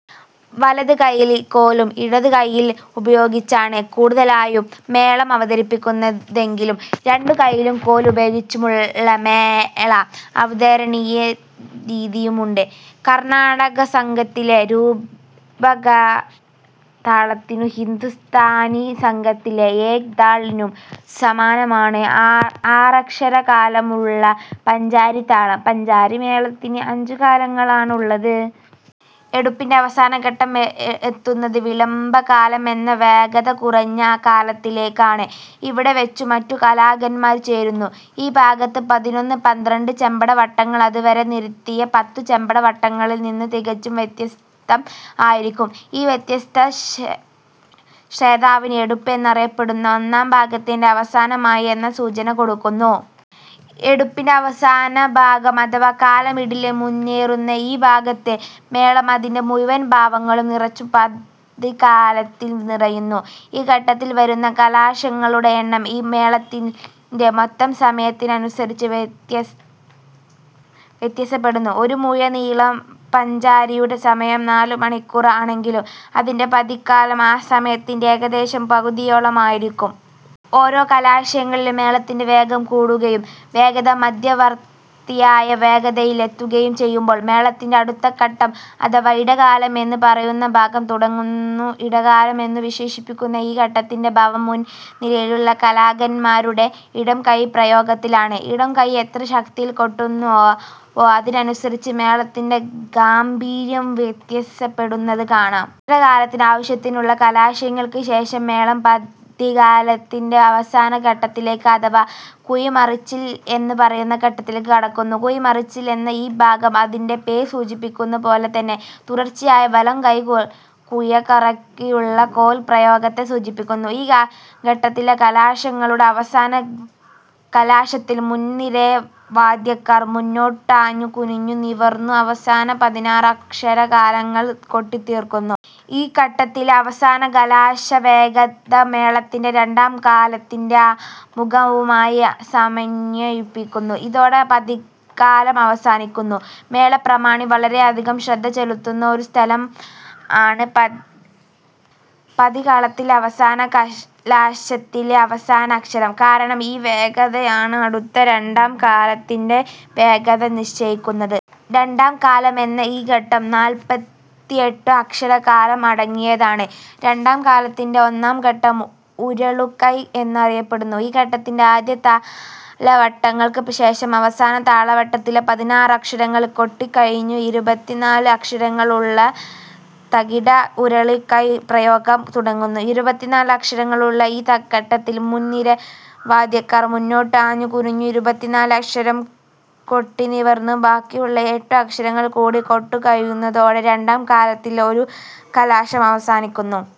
വലതു കൈയിൽ കോലും ഇടതു കൈയ്യും ഉപയോഗിച്ചാണ് കൂടുതലായും മേളം അവതരിപ്പിക്കുന്നതെങ്കിലും രണ്ടു കൈയിലും കോൽ ഉപയോഗിച്ചുമുള്ള മേള അവതരണരീതിയുമുണ്ട്. കർണ്ണാടകസംഗീതത്തിലെ രൂപകതാളത്തിനും ഹിന്ദുസ്ഥാനി സംഗീതത്തിലെ ' ഏക് താൾ 'നും സമാനമാണ് ആറക്ഷരകാലമുള്ള പഞ്ചാരി താളം. പഞ്ചാരി മേളത്തിന് അഞ്ചു കാലങ്ങൾ ആണ് ഉള്ളത്. എടുപ്പിന്റെ അവസാന ഘട്ടം എത്തുന്നത് വിളംബകാലം എന്ന വേഗത കുറഞ്ഞ കാലത്തിലേക്ക് ആണ്. ഇവിടെ വെച്ചു മറ്റു കലാകാരന്മാർ ചേരുന്നു. ഈ ഭാഗത്ത് പതിനൊന്ന് പന്ത്രണ്ട് ചെമ്പട വട്ടങ്ങൾ അതുവരെ നിരത്തിയ പത്തു ചെമ്പട വട്ടങ്ങളിൽ നിന്ന് തികച്ചും വ്യത്യസ്തം ആയിരിക്കും ഈ വ്യത്യസ്തത ശ്രോതാവിനു എടുപ്പ് എന്നറിയപ്പെടുന്ന ഒന്നാം ഭാഗത്തിന്റെ അവസാനം ആയി എന്ന സൂചന കൊടുക്കുന്നു. എടുപ്പിന്റെ അവസാനഭാഗം അഥവാ കാലമിടൽ മുന്നേറുന്നു ഈ ഭാഗത്ത് മേളം അതിന്റെ മുഴുവൻ ഭാവങ്ങളും നിറച്ചു പതികാലത്തിൽ നിറയുന്നു. ഈ ഘട്ടത്തിൽ വരുന്ന കലാശങ്ങളുടെ എണ്ണം ഈ മേളത്തിന്റെ മൊത്തം സമയത്തിനനുസരിച്ച് വ്യത്യസപെടുന്നു. ഒരു മുഴുനീള പാഞ്ചാരിയുടെ സമയം നാലു മണിക്കൂർ ആണെങ്കിൽ അതിന്റെ പതികാലം ആ സമയത്തിന്റെ ഏകദേശം പകുതിയോളം ആയിരിക്കും. ഓരോ കലാശങ്ങളിലും മേളത്തിന്റെ വേഗം കൂടുകയും വേഗത മധ്യവർത്തിയായ വേഗതയിൽ എത്തുകയും ചെയ്യുമ്പോൾ മേളത്തിന്റെ അടുത്ത ഘട്ടം അഥവാ ഇടകാലം എന്ന് പറയുന്ന ഭാഗം തുടങ്ങുന്നു ഇടകാലം എന്നു വിശേഷിപിക്കുന്ന ഈ ഘട്ടത്തിന്റെ ഭാവം മുൻ നിരയിലുള്ള കലാകാരന്മാരുടെ ഇടം കൈ പ്രയോഗത്തിൽ ആണ്. ഇടം കൈ എത്ര ശക്തിയിൽ കൊട്ടുന്നുവോ അതിനനുസരിച്ച് മേളത്തിന്റെ ഗാംഭീര്യം വ്യതസപെടുന്നത് കാണാം. ഇടകാലത്തിൽ ആവശ്യത്തിനുള്ള കലാശങ്ങൾക്ക് ശേഷം മേളം പതികാലതിന്റെ അവസാന ഘട്ടത്തിലേക്ക് അഥവാ കുഴമറിച്ചിൽ എന്ന് പറയുന്ന ഘട്ടത്തിലേക്ക് കടക്കുന്നു. കുഴമറിച്ചിൽ എന്ന ഈ ഭാഗം അതിന്റെ പേര് സൂചിപ്പിക്കുന്ന പോലെ തന്നെ തുടർച്ചയായ വലംകൈ കുഴ കറക്കിയുള്ള കോൽ പ്രയോഗത്തെ സൂചിപ്പിക്കുന്നു. ഈ ഘട്ടത്തിലെ കലാശങ്ങളുടെ അവസാന കലാശത്തിൽ മുൻനിര വാദ്യക്കാർ മുന്നോട്ടാഞ്ഞു കുനിഞ്ഞു നിവർന്നു അവസാന പതിനാറു അക്ഷരകാലങ്ങൾ കൊട്ടി തീർക്കുന്നു. ഈ ഘട്ടത്തിലെ അവസാന കലാശവേഗത മേളത്തിന്റെ രണ്ടാം കാലത്തിന്റെ ആമുഘവുമായി സമന്വയിപ്പിക്കുന്നു. ഇതോടെ പതികാലം അവസാനിക്കുന്നു. മേള പ്രമാണി വളരെയധികം ശ്രദ്ധ ചെലുത്തുന്ന ഒരു സ്ഥലം ആണ് പതികാളത്തിലെ അവസാന കലാശത്തിലെ അവസാന അക്ഷരം. കാരണം ഈ വേഗതയാണ് അടുത്ത രണ്ടാം കാലത്തിന്റെ വേഗത നിശ്ചയിക്കുന്നത്. രണ്ടാം കാലം എന്ന ഈ ഘട്ടം നാല്പതിഎട്ടു അക്ഷരകാലം അടങ്ങിയതാണ്. രണ്ടാം കാലത്തിന്റെ ഒന്നാം ഘട്ടം ഉരുളുകൈ എന്നറിയപ്പെടുന്നു. ഈ ഘട്ടത്തിൽ ആദ്യ താലവട്ടങ്ങൾക്ക് ശേഷം, അവസാന താളവട്ടത്തിലെ പതിനാറു അക്ഷരങ്ങൾ കൊട്ടിക്കഴിഞ്ഞു ഇരുപത്തിനാല് അക്ഷരങ്ങൾ ഉള്ള ത-കി-ട ഉരുളുകൈ പ്രയോഗം തുടങ്ങുന്നു. ഇരുപത്തിനാല് അക്ഷരങ്ങൾ ഉള്ള ഈ ഘട്ടത്തിൽ മുൻനിര വാദ്യക്കാർ മുന്നോട്ട് ആഞ്ഞു കുനിഞ്ഞു ഇരുപത്തിനാല് അക്ഷരം കൊട്ടി നിവർന്നു ബാക്കിയുള്ള എട്ടു അക്ഷരങ്ങൾ കൂടി കൊട്ടി കഴിയുന്നതോടെ രണ്ടാം കാലത്തിലെ ഒരു കലാശം അവസാനിക്കുന്നു.